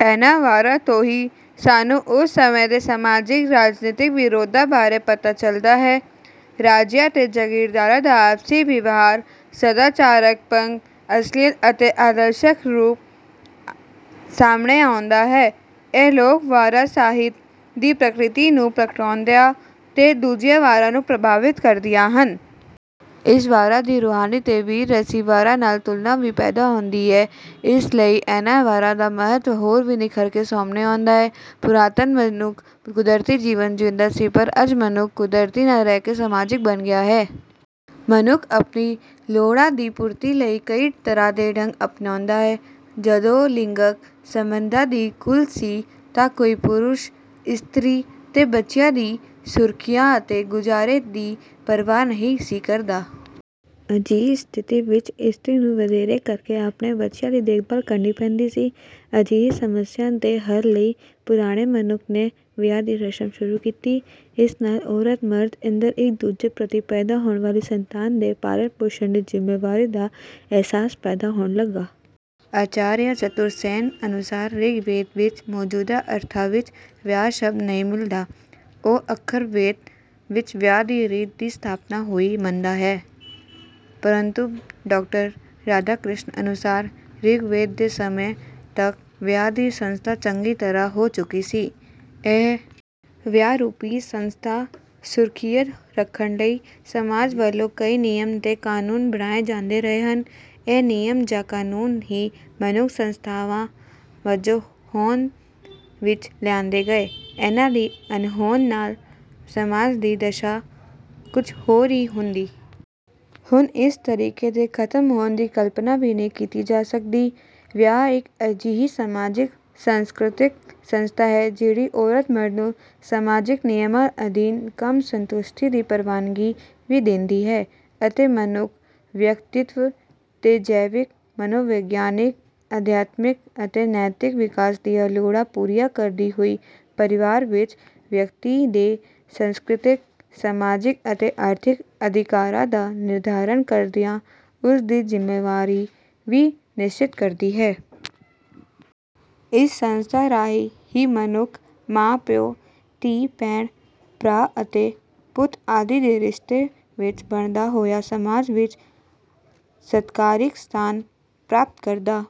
ਇਹਨਾਂ ਵਾਰਾ ਤੋਂ ਹੀ ਸਾਨੂੰ ਉਸ ਸਮੇਂ ਦੇ ਸਮਾਜਿਕ, ਰਾਜਨੀਤਿਕ ਵਿਰੋਧਾ ਬਾਰੇ ਪਤਾ ਚੱਲਦਾ ਹੈ। ਰਾਜਿਆਂ ਤੇ ਜਗੀਰਦਾਰਾ ਦਾ ਆਪਸੀ ਵਿਵਹਾਰ, ਸਦਾਚਾਰਕ ਪੱਖ, ਅਸਲੀਅਤ ਅਤੇ ਆਦਰਸ਼ਕ ਰੂਪ ਸਾਮਹਣੇ ਆਉਂਦਾ ਹੈ। ਇਹ ਲੋਕ ਵਾਰਾ ਸਾਹਿਤ ਦੀ ਪ੍ਰਕਿਰਤੀ ਨੂੰ ਪ੍ਰਗਟਾਉਦੀਆਂ ਤੇ ਦੂਜੀਆਂ ਵਾਰਾਂ ਨੂੰ ਪ੍ਰਭਾਵਿਤ ਕਰਦੀਆਂ ਹਨ। ਇਸ ਵਾਰਾ ਦੀ ਰੂਹਾਨੀ ਤੇ ਬੀਰ ਰਸੀ ਵਾਰਾ ਨਾਲ ਤੁਲਨਾ ਵੀ ਪੈਦਾ ਹੰਦੀ ਹੈ। ਇਸ ਲਈ ਇਹਨਾਂ ਵਾਰਾਂ ਦਾ ਮਹੱਤਵ ਹੋਰ ਵੀ ਨਿਖਰਕੇ ਸਾਮਹਣੇ ਆਉਂਦਾ ਹੈ। ਪੁਰਾਤਨ ਮਨੁੱਖ ਕੁਦਰਤੀ ਜੀਵਨ ਜਿਉਂਦਾ ਸੀ ਪਰ, ਅੱਜ ਮਨੁੱਖ ਕੁਦਰਤੀ ਨਾ ਰਹਿ ਕੇ ਸਮਾਜਿਕ ਬਣ ਗਿਆ ਹੈ। ਮਨੁੱਖ ਆਪਣੀਆਂ ਲੋੜਾਂ ਦੀ ਪੂਰਤੀ ਲਈ ਕਈ ਤਰ੍ਹਾਂ ਦੇ ਢੰਗ ਅਪਣਾਉਂਦਾ ਹੈ। ਜਦੋਂ ਲਿੰਗਕ ਸੰਬੰਧਾਂ ਦੀ ਖੁੱਲ ਸੀ ਤਾਂ ਕੋਈ ਪੁਰਸ਼, ਇਸਤਰੀ ਤੇ ਬੱਚਿਆਂ ਦੀ ਸੁਰੱਖਿਆ ਅਤੇ ਗੁਜ਼ਾਰੇ ਦੀ ਪਰਵਾਹ ਨਹੀਂ ਸੀ ਕਰਦਾ। ਅਜਿਹੀ ਸਥਿਤੀ ਵਿੱਚ ਇਸਤਰੀ ਨੂੰ ਵਧੇਰੇ ਕਰ ਕੇ ਆਪਣੇ ਬੱਚਿਆਂ ਦੀ ਦੇਖਭਾਲ ਕਰਨੀ ਪੈਂਦੀ ਸੀ। ਅਜਿਹੀ ਸਮੱਸਿਆਂ ਦੇ ਹੱਲ ਲਈ ਪੁਰਾਣੇ ਮਨੁੱਖ ਨੇ ਵਿਆਹ ਦੀ ਰਸਮ ਸ਼ੁਰੂ ਕੀਤੀ। ਇਸ ਨਾਲ ਔਰਤ-ਮਰਦ ਅੰਦਰ ਇੱਕ-ਦੁਜੇ ਪ੍ਰਤੀ ਪੈਦਾ ਹੋਣ ਵਾਲੀ ਸੰਤਾਨ ਦੇ ਪਾਲਣ-ਪੋਸ਼ਣ ਦੀ ਜ਼ਿੰਮੇਵਾਰੀ ਦਾ ਅਹਿਸਾਸ ਪੈਦਾ ਹੋਣ ਲੱਗਾ। ਆਚਾਰੀਆ ਚਤੁਰਸੈਨ ਅਨੁਸਾਰ 'ਰਿਗਵੇਦ ਵਿੱਚ ਮੌਜੂਦਾ ਅਰਥਾਂ ਵਿੱਚ ਵਿਆਹ ਸ਼ਬਦ ਨਹੀਂ ਮਿਲਦਾ', ਉਹ ਅਥਰਵਵੇਦ ਵਿੱਚ ਵਿਆਹ ਦੀ ਰੀਤ ਦੀ ਸਥਾਪਨਾ ਹੋਈ ਮੰਨਦਾ ਹੈ। ਪਰੰਤੂ ਡਾਕਟਰ ਰਾਧਾ ਕ੍ਰਿਸ਼ਨ ਅਨੁਸਾਰ "ਰਿਗਵੇਦ ਦੇ ਸਮੇਂ ਤੱਕ ਵਿਆਹ ਦੀ ਸੰਸਥਾ ਚੰਗੀ ਤਰ੍ਹਾਂ ਹੋ ਚੁੱਕੀ ਸੀ"।ਇਹ ਵਿਆਹ ਰੂਪੀ ਸੰਸਥਾ ਸਰੁੱਖਿਅਤ ਰੱਖਣ ਲਈ ਸਮਾਜ ਵੱਲੋਂ ਕਈ ਨਿਯਮ ਤੇ ਕਾਨੂੰਨ ਬਣਾਏ ਜਾਂਦੇ ਰਹੇ ਹਨ। ਇਹ ਨਿਯਮ ਜਾਂ ਕਾਨੂੰਨ ਹੀ ਮਨੁੱਖ ਸੰਸਥਾਵਾਂ ਵਜੋਂ ਹੋਂਦ ਵਿੱਚ ਲਿਆਂਦੇ ਗਏ। ਇਨ੍ਹਾਂ ਦੀ ਅਣਹੋਂਦ ਨਾਲ ਸਮਾਜ ਦੀ ਦਸ਼ਾ ਕੁਝ ਹੋਰ ਹੀ ਹੁੰਦੀ। ਹੁਣ ਇਸ ਤਰੀਕੇ ਦੇ ਖ਼ਤਮ ਹੋਣ ਦੀ ਕਲਪਨਾ ਵੀ ਨਹੀਂ ਕੀਤੀ ਜਾ ਸਕਦੀ। ਵਿਆਹ ਇੱਕ ਅਜਿਹੀ ਸਮਾਜਿਕ, ਸੰਸਕ੍ਰਿਤਕ ਸੰਸਥਾ ਹੈ ਜਿਹੜੀ ਔਰਤ-ਮਰਦ ਨੂੰ ਸਮਾਜਿਕ ਨਿਯਮਾਂ ਅਧੀਨ ਕੰਮ ਸੰਤੁਸ਼ਟੀ ਦੀ ਪ੍ਰਵਾਨਗੀ ਵੀ ਦਿੰਦੀ ਹੈ ਅਤੇ ਮਨੁੱਖ ਵਿਅਕਤੀਤਵ ਦੇ ਜੈਵਿਕ, ਮਨੋਵਿਗਿਆਨਿਕ, ਅਧਿਆਤਮਿਕ ਅਤੇ ਨੈਤਿਕ ਵਿਕਾਸ ਦੀਆਂ ਲੋੜਾਂ ਪੂਰੀਆਂ ਕਰਦੀ ਹੋਈ ਪਰਿਵਾਰ ਵਿੱਚ ਵਿਅਕਤੀ ਦੇ ਸੰਸਕ੍ਰਿਤਿਕ, ਸਮਾਜਿਕ ਅਤੇ ਆਰਥਿਕ ਅਧਿਕਾਰਾਂ ਦਾ ਨਿਰਧਾਰਨ ਕਰਦਿਆਂ ਉਸ ਦੀ ਜ਼ਿੰਮੇਵਾਰੀ ਵੀ ਨਿਸ਼ਚਿਤ ਕਰਦੀ ਹੈ। ਇਸ ਸੰਸਥਾਂ ਰਾਹੀਂ ਹੀ ਮਨੁੱਖ ਮਾਂ, ਪਿਉ, ਧੀ, ਭੈਣ, ਭਰਾ ਅਤੇ ਪੁੱਤ ਆਦਿ ਦੇ ਰਿਸ਼ਤੇ ਵਿੱਚ ਬੱਝਦਾ ਹੋਇਆ ਸਮਾਜ ਵਿੱਚ ਸਤਿਕਾਰਿਤ ਸਥਾਨ ਪ੍ਰਾਪਤ ਕਰਦਾ